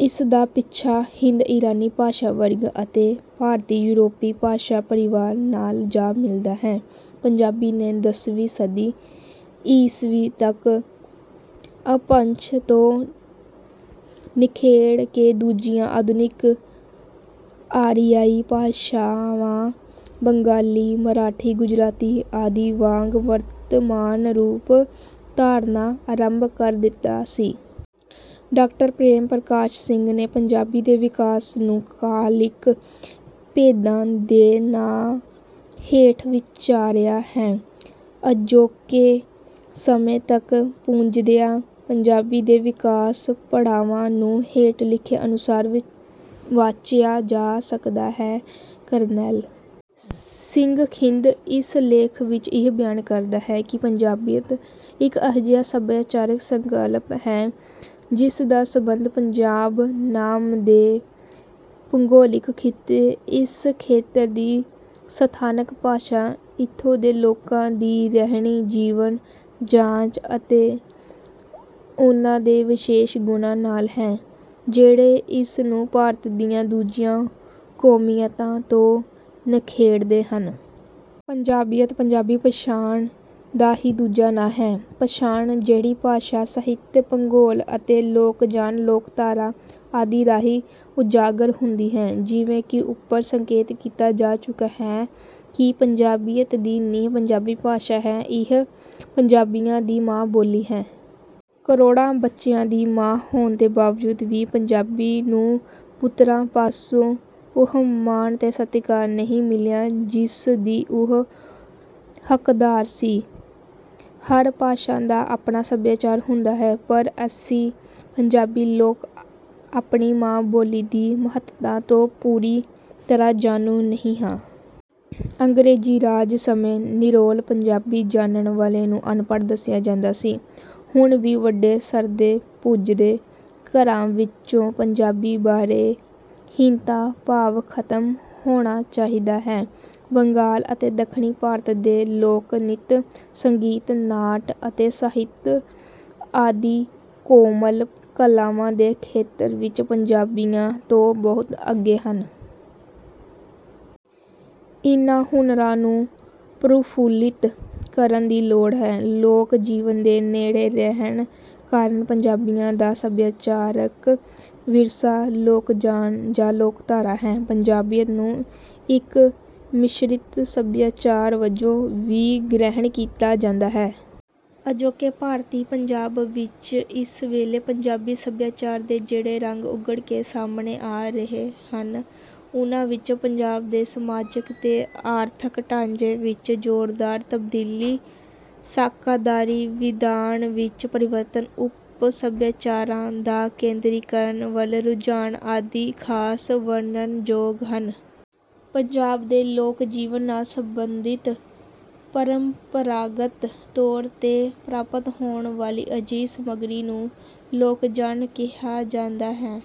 ਇਸ ਦਾ ਪਿੱਛਾ ਹਿੰਦ ਈਰਾਨੀ ਭਾਸ਼ਾ ਵਰਗ ਅਤੇ ਭਾਰਤੀ ਯੂਰਪੀ ਭਾਸ਼ਾ ਪਰਿਵਾਰ ਨਾਲ ਜਾ ਮਿਲਦਾ ਹੈ। ਪੰਜਾਬੀ ਨੇ ਦਸਵੀਂ ਸਦੀ ਈਸਵੀ ਤੱਕ ਅਪਭ੍ਰੰਸ਼ ਤੋਂ ਨਿਖੇੜ ਕੇ ਦੂਜੀਆਂ ਆਧੁਨਿਕ ਆਰੀਆਈ ਭਾਸ਼ਾਵਾਂ ਬੰਗਾਲੀ ਮਰਾਠੀ ਗੁਜਰਾਤੀ ਆਦਿ ਵਾਂਗ ਵਰਤਮਾਨ ਰੂਪ ਧਾਰਨਾ ਆਰੰਭ ਕਰ ਦਿੱਤਾ ਸੀ। ਡਾਕਟਰ ਪ੍ਰੇਮ ਪ੍ਰਕਾਸ਼ ਸਿੰਘ ਨੇ ਪੰਜਾਬੀ ਦੇ ਵਿਕਾਸ ਨੂੰ ਕਾਲਿਕ ਭੇਦਾਂ ਦੇ ਨਾਂ ਹੇਠ ਵਿਚਾਰਿਆ ਹੈ। ਅਜੋਕੇ ਸਮੇਂ ਤੱਕ ਪੁੱਜਦਿਆਂ ਪੰਜਾਬੀ ਦੇ ਵਿਕਾਸ ਪੜਾਵਾਂ ਨੂੰ ਹੇਠ ਲਿਖੇ ਅਨੁਸਾਰ ਵਾਚਿਆ ਜਾ ਸਕਦਾ ਹੈ। ਕਰਨੈਲ ਸਿੰਘ ਥਿੰਦ ਇਸ ਲੇਖ ਵਿੱਚ ਇਹ ਬਿਆਨ ਕਰਦਾ ਹੈ ਕਿ ਪੰਜਾਬੀਅਤ ਇੱਕ ਅਜਿਹਾ ਸੱਭਿਆਚਾਰਕ ਸੰਕਲਪ ਹੈ ਜਿਸ ਦਾ ਸੰਬੰਧ ਪੰਜਾਬ ਨਾਂ ਦੇ ਭੂਗੋਲਿਕ ਖਿੱਤੇ ਇਸ ਖੇਤਰ ਦੀ ਸਥਾਨਕ ਭਾਸ਼ਾ ਇਥੋਂ ਦੇ ਲੋਕਾਂ ਦੀ ਰਹਿਣੀ ਜੀਵਨ ਜਾਚ ਅਤੇ ਉਨ੍ਹਾਂ ਦੇ ਵਿਸ਼ੇਸ਼ ਗੁਣਾਂ ਨਾਲ ਹੈ ਜਿਹੜੇ ਇਸ ਨੂੰ ਭਾਰਤ ਦੀਆਂ ਦੂਜੀਆਂ ਕੌਮੀਅਤਾਂ ਤੋਂ ਨਿਖੇੜਦੇ ਹਨ। ਪੰਜਾਬੀਅਤ ਪੰਜਾਬੀ ਪਛਾਣ ਦਾ ਹੀ ਦੂਜਾ ਨਾਂ ਹੈ। ਪਛਾਣ ਜਿਹੜੀ ਭਾਸ਼ਾ ਸਾਹਿਤ ਭੂਗੋਲ ਅਤੇ ਲੋਕਯਾਨ ਲੋਕਧਾਰਾ ਆਦਿ ਰਾਹੀਂ ਉਜਾਗਰ ਹੁੰਦੀ ਹੈ। ਜਿਵੇਂ ਕਿ ਉੱਪਰ ਸੰਕੇਤ ਕੀਤਾ ਜਾ ਚੁੱਕਾ ਹੈ ਕਿ ਪੰਜਾਬੀਅਤ ਦੀ ਨੀਂਹ ਪੰਜਾਬੀ ਭਾਸ਼ਾ ਹੈ ਇਹ ਪੰਜਾਬੀਆਂ ਦੀ ਮਾਂ ਬੋਲੀ ਹੈ। ਕਰੋੜਾਂ ਬੱਚਿਆਂ ਦੀ ਮਾਂ ਹੋਣ ਦੇ ਬਾਵਜੂਦ ਵੀ ਪੰਜਾਬੀ ਨੂੰ ਪੁੱਤਰਾਂ ਪਾਸੋਂ ਉਹ ਮਾਣ ਤੇ ਸਤਿਕਾਰ ਨਹੀਂ ਮਿਲਿਆ ਜਿਸ ਦੀ ਉਹ ਹੱਕਦਾਰ ਸੀ। ਹਰ ਭਾਸ਼ਾ ਦਾ ਆਪਣਾ ਸੱਭਿਆਚਾਰ ਹੁੰਦਾ ਹੈ। ਪਰ ਅਸੀਂ ਪੰਜਾਬੀ ਲੋਕ ਆਪਣੀ ਮਾਂ ਬੋਲੀ ਦੀ ਮਹੱਤਤਾ ਤੋਂ ਪੂਰੀ ਤਰ੍ਹਾਂ ਜਾਣੂ ਨਹੀਂ ਹਾਂ। ਅੰਗਰੇਜ਼ੀ ਰਾਜ ਸਮੇਂ ਨਿਰੋਲ ਪੰਜਾਬੀ ਜਾਣਨ ਵਾਲੇ ਨੂੰ ਅਨਪੜ੍ਹ ਦੱਸਿਆ ਜਾਂਦਾ ਸੀ। ਹੁਣ ਵੀ ਵੱਡੇ ਸਰਦੇ ਪੁਜਦੇ ਘਰਾਂ ਵਿੱਚੋਂ ਪੰਜਾਬੀ ਬਾਰੇ ਹੀਣਤਾ ਭਾਵ ਖਤਮ ਹੋਣਾ ਚਾਹੀਦਾ ਹੈ। ਬੰਗਾਲ ਅਤੇ ਦੱਖਣੀ ਭਾਰਤ ਦੇ ਲੋਕ ਨ੍ਰਿਤ ਸੰਗੀਤ ਨਾਟ ਅਤੇ ਸਾਹਿਤ ਆਦਿ ਕੋਮਲ ਕਲਾਵਾਂ ਦੇ ਖੇਤਰ ਵਿੱਚ ਪੰਜਾਬੀਆਂ ਤੋਂ ਬਹੁਤ ਅੱਗੇ ਹਨ। ਇਨ੍ਹਾਂ ਹੁਨਰਾਂ ਨੂੰ ਪ੍ਰਫੁੱਲਿਤ ਕਰਨ ਦੀ ਲੋੜ ਹੈ। ਲੋਕ ਜੀਵਨ ਦੇ ਨੇੜੇ ਰਹਿਣ ਕਾਰਨ ਪੰਜਾਬੀਆਂ ਦਾ ਸੱਭਿਆਚਾਰਕ ਵਿਰਸਾ ਲੋਕਯਾਨ ਜਾਂ ਲੋਕਧਾਰਾ ਹੈ। ਪੰਜਾਬੀਅਤ ਨੂੰ ਇੱਕ ਮਿਸ਼ਰਿਤ ਸੱਭਿਆਚਾਰ ਵਜੋਂ ਵੀ ਗ੍ਰਹਿਣ ਕੀਤਾ ਜਾਂਦਾ ਹੈ। ਅਜੋਕੇ ਭਾਰਤੀ ਪੰਜਾਬ ਵਿੱਚ ਇਸ ਵੇਲੇ ਪੰਜਾਬੀ ਸੱਭਿਆਚਾਰ ਦੇ ਜਿਹੜੇ ਰੰਗ ਉਘੜ ਕੇ ਸਾਹਮਣੇ ਆ ਰਹੇ ਹਨ ਉਨ੍ਹਾਂ ਵਿੱਚੋਂ ਪੰਜਾਬ ਦੇ ਸਮਾਜਕ ਤੇ ਆਰਥਕ ਢਾਂਚੇ ਵਿੱਚ ਜ਼ੋਰਦਾਰ ਤਬਦੀਲੀ ਸਾਕਾਦਾਰੀ ਵਿਧਾਨ ਵਿੱਚ ਪਰਿਵਰਤਨ ਉਪ ਸੱਭਿਆਚਾਰਾਂ ਦਾ ਕੇਂਦਰੀਕਰਨ ਵੱਲ ਰੁਝਾਨ ਆਦਿ ਖਾਸ ਵਰਨਣਯੋਗ ਹਨ। ਪੰਜਾਬ ਦੇ ਲੋਕ ਜੀਵਨ ਨਾਲ ਸੰਬੰਧਿਤ ਪਰੰਪਰਾਗਤ ਤੌਰ ਤੇ ਪ੍ਰਾਪਤ ਹੋਣ ਵਾਲੀ ਅਜਿਹੀ ਸਮੱਗਰੀ ਨੂੰ ਲੋਕਯਾਨ ਕਿਹਾ ਜਾਂਦਾ ਹੈ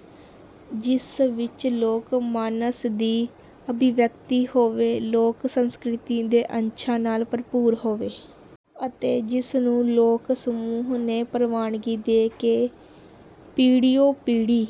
ਜਿਸ ਵਿੱਚ ਲੋਕ ਮਾਨਸ ਦੀ ਅਭਿਵਿਅਕਤੀ ਹੋਵੇ ਲੋਕ ਸੰਸਕ੍ਰਿਤੀ ਦੇ ਅੰਸ਼ਾਂ ਨਾਲ ਭਰਪੂਰ ਹੋਵੇ ਅਤੇ ਜਿਸ ਨੂੰ ਲੋਕ ਸਮੂਹ ਨੇ ਪ੍ਰਵਾਨਗੀ ਦੇ ਕੇ ਪੀੜ੍ਹੀਓ ਪੀੜ੍ਹੀ